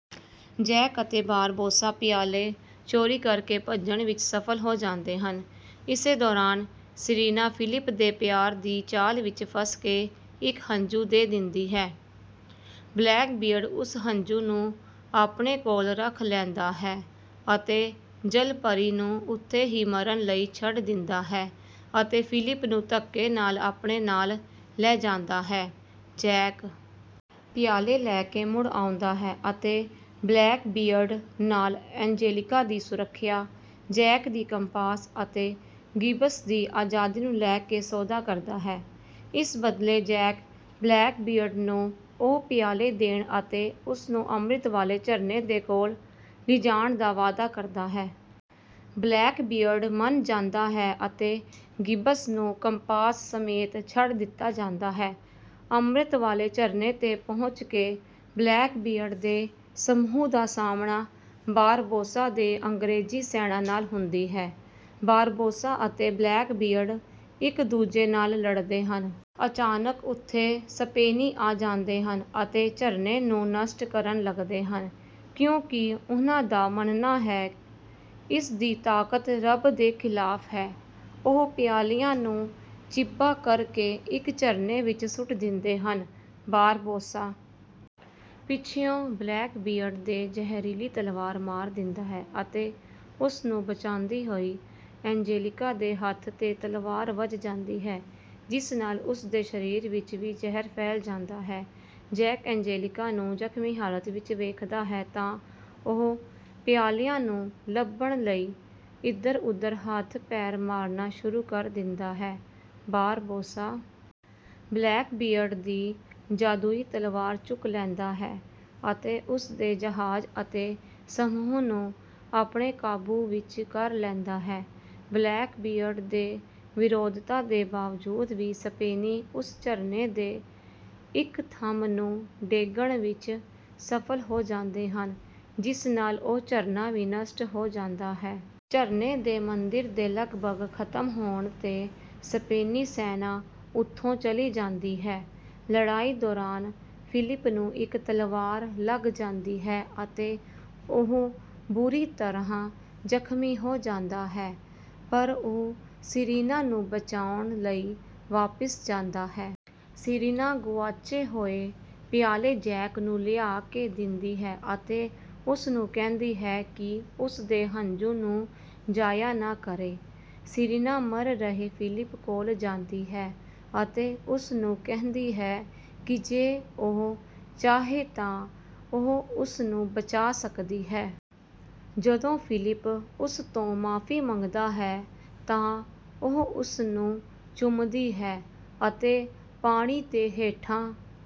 Jack ਅਤੇ Barbossa ਪਿਆਲੇ ਚੋਰੀ ਕਰਕੇ ਭੱਜਣ ਵਿੱਚ ਸਫਲ ਹੋ ਜਾਂਦੇ ਹਨ। ਇਸੇ ਦੌਰਾਨ ਸੀਰੀਨਾ, ਫਿਲਿਪ ਦੇ ਪਿਆਰ ਦੀ ਚਾਲ ਵਿੱਚ ਫਸ ਕੇ ਇੱਕ ਹੰਝੂ ਦੇ ਦਿੰਦੀ ਹੈ। ਬਲੈਕਬੀਅਰਡ ਉਸ ਹੰਝੂ ਨੂੰ ਆਪਣੇ ਕੋਲ ਰੱਖ ਲੈਂਦਾ ਹੈ ਅਤੇ ਜਲਪਰੀ ਨੂੰ ਉੱਥੇ ਹੀ ਮਰਨ ਲਈ ਛੱਡ ਦਿੰਦਾ ਹੈ ਅਤੇ ਫਿਲਿਪ ਨੂੰ ਧੱਕੇ ਨਾਲ ਆਪਣੇ ਨਾਲ ਲੈ ਜਾਂਦਾ ਹੈ। ਜੈਕ ਪਿਆਲੇ ਲੈ ਕੇ ਮੁੜ ਆਉਂਦਾ ਹੈ ਅਤੇ ਬਲੈਕਬੀਅਰਡ ਨਾਲ ਐਂਜੇਲੀਕਾ ਦੀ ਸੁਰੱਖਿਆ, ਜੈਕ ਦੀ ਕੰਪਾਸ ਅਤੇ ਗਿੱਬਸ ਦੀ ਆਜ਼ਾਦੀ ਨੂੰ ਲੈ ਕੇ ਸੌਦਾ ਕਰਦਾ ਹੈ। ਇਸ ਬਦਲੇ ਜੈਕ ਬਲੈਕਬੀਅਰਡ ਨੂੰ ਉਹ ਪਿਆਲੇ ਦੇਣ ਅਤੇ ਉਸਨੂੰ ਅਮ੍ਰਿਤ ਵਾਲੇ ਝਰਨੇ ਦੇ ਕੋਲ ਲਿਜਾਣ ਦਾ ਵਾਅਦਾ ਕਰਦਾ ਹੈ। ਬਲੈਕਬੀਅਰਡ ਮੰਨ ਜਾਂਦਾ ਹੈ ਅਤੇ ਗਿੱਬਸ ਨੂੰ ਕੰਪਾਸ ਸਮੇਤ ਛੱਡ ਦਿੱਤਾ ਜਾਂਦਾ ਹੈ। ਅਮ੍ਰਿਤ ਵਾਲੇ ਝਰਨੇ ਤੇ ਪਹੁੰਚ ਕੇ ਬਲੈਕਬੀਅਰਡ ਦੇ ਸਮੂਹ ਦਾ ਸਾਹਮਣਾ ਬਾਰਬੋਸਾ ਦੇ ਅੰਗ੍ਰੇਜ਼ੀ ਸੈਨਾ ਨਾਲ ਹੁੰਦੀ ਹੈ। ਬਾਰਬੋਸਾ ਅਤੇ ਬਲੈਕਬੀਅਰਡ ਇੱਕ ਦੂਜੇ ਨਾਲ ਲੜਦੇ ਹਨ। ਅਚਾਨਕ ਉੱਥੇ ਸਪੇਨੀ ਆ ਜਾਂਦੇ ਹਨ ਅਤੇ ਝਰਨੇ ਨੂੰ ਨਸ਼ਟ ਕਰਨ ਲੱਗਦੇ ਹਨ, ਕਿਉਂਕਿ ਉਹਨਾਂ ਦਾ ਮੰਨਣਾ ਹੈ ਇਸਦੀ ਤਾਕਤ ਰੱਬ ਦੇ ਖ਼ਿਲਾਫ਼ ਹੈ। ਉਹ ਪਿਆਲਿਆਂ ਨੂੰ ਚਿੱਬਾ ਕਰਕੇ ਇੱਕ ਝਰਨੇ ਵਿੱਚ ਸੁੱਟ ਦਿੰਦੇ ਹਨ। ਬਾਰਬੋਸਾ ਪਿੱਛਿਓਂ ਬਲੈਕਬੀਅਰਡ ਦੇ ਜ਼ਹਿਰੀਲੀ ਤਲਵਾਰ ਮਾਰ ਦਿੰਦਾ ਹੈ ਅਤੇ ਉਸਨੂੰ ਬਚਾਉਂਦੀ ਹੋਈ ਐਂਜੇਲੀਕਾ ਦੇ ਹੱਥ ਤੇ ਤਲਵਾਰ ਵੱਜ ਜਾਂਦੀ ਹੈ, ਜਿਸ ਨਾਲ ਉਸਦੇ ਸਰੀਰ ਵਿੱਚ ਵੀ ਜ਼ਹਿਰ ਫੈਲ ਜਾਂਦਾ ਹੈ। ਜੈਕ ਐਂਜੇਲੀਕਾ ਨੂੰ ਜ਼ਖ਼ਮੀ ਹਾਲਤ ਵਿੱਚ ਵੇਖਦਾ ਹੈ ਤਾਂ ਉਹ ਪਿਆਲਿਆਂ ਨੂੰ ਲੱਭਣ ਲਈ ਇੱਧਰ-ਉੱਧਰ ਹੱਥ ਪੈਰ ਮਾਰਨਾ ਸ਼ੁਰੂ ਕਰ ਦਿੰਦਾ ਹੈ। ਬਾਰਬੋਸਾ ਬਲੈਕਬੀਅਰਡ ਦੀ ਜਾਦੂਈ ਤਲਵਾਰ ਚੁੱਕ ਲੈਂਦਾ ਹੈ ਅਤੇ ਉਸਦੇ ਜਹਾਜ਼ ਅਤੇ ਸਮੂਹ ਨੂੰ ਆਪਣੇ ਕਾਬੂ ਵਿੱਚ ਕਰ ਲੈਂਦਾ ਹੈ। ਬਲੈਕਬੀਅਰਡ ਦੇ ਵਿਰੋਧਤਾ ਦੇ ਬਾਵਜੂਦ ਵੀ ਸਪੇਨੀ ਉਸ ਝਰਨੇ ਦੇ ਇੱਕ ਥੰਮ ਨੂੰ ਡੇਗਣ ਵਿੱਚ ਸਫਲ ਹੋ ਜਾਂਦੇ ਹਨ, ਜਿਸ ਨਾਲ ਉਹ ਝਰਨਾ ਵੀ ਨਸ਼ਟ ਹੋ ਜਾਂਦਾ ਹੈ। ਝਰਨੇ ਦੇ ਮੰਦਿਰ ਦੇ ਲਗਭਗ ਖ਼ਤਮ ਹੋਣ ਤੇ ਸਪੇਨੀ ਸੈਨਾ ਉੱਥੋਂ ਚਲੀ ਜਾਂਦੀ ਹੈ। ਲੜਾਈ ਦੌਰਾਨ ਫਿਲਿਪ ਨੂੰ ਇੱਕ ਤਲਵਾਰ ਲੱਗ ਜਾਂਦੀ ਹੈ ਅਤੇ ਉਹ ਬੁਰੀ ਤਰ੍ਹਾਂ ਜ਼ਖ਼ਮੀ ਹੋ ਜਾਂਦਾ ਹੈ, ਪਰ ਉਹ ਸੀਰੀਨਾ ਨੂੰ ਬਚਾਉਣ ਲਈ ਵਾਪਿਸ ਜਾਂਦਾ ਹੈ। ਸੀਰੀਨਾ ਗੁਆਚੇ ਹੋਏ ਪਿਆਲੇ ਜੈਕ ਨੂੰ ਲਿਆ ਕੇ ਦਿੰਦੀ ਹੈ ਅਤੇ ਉਸਨੂੰ ਕਹਿੰਦੀ ਹੈ ਕਿ ਉਸਦੇ ਹੰਝੂ ਨੂੰ ਜ਼ਾਇਆ ਨਾ ਕਰੇ। ਸੀਰੀਨਾ ਮਰ ਰਹੇ ਫਿਲਿਪ ਕੋਲ ਜਾਂਦੀ ਹੈ ਅਤੇ ਉਸਨੂੰ ਕਹਿੰਦੀ ਹੈ ਕਿ ਜੇ ਉਹ ਚਾਹੇ ਤਾਂ ਉਹ ਉਸਨੂੰ ਬਚਾ ਸਕਦੀ ਹੈ। ਜਦੋਂ ਫਿਲਿਪ ਉਸਤੋਂ ਮਾਫ਼ੀ ਮੰਗਦਾ ਹੈ ਤਾਂ ਉਹ ਉਸਨੂੰ ਚੁੰਮਦੀ ਹੈ ਅਤੇ ਪਾਣੀ ਦੇ ਹੇਠਾਂ...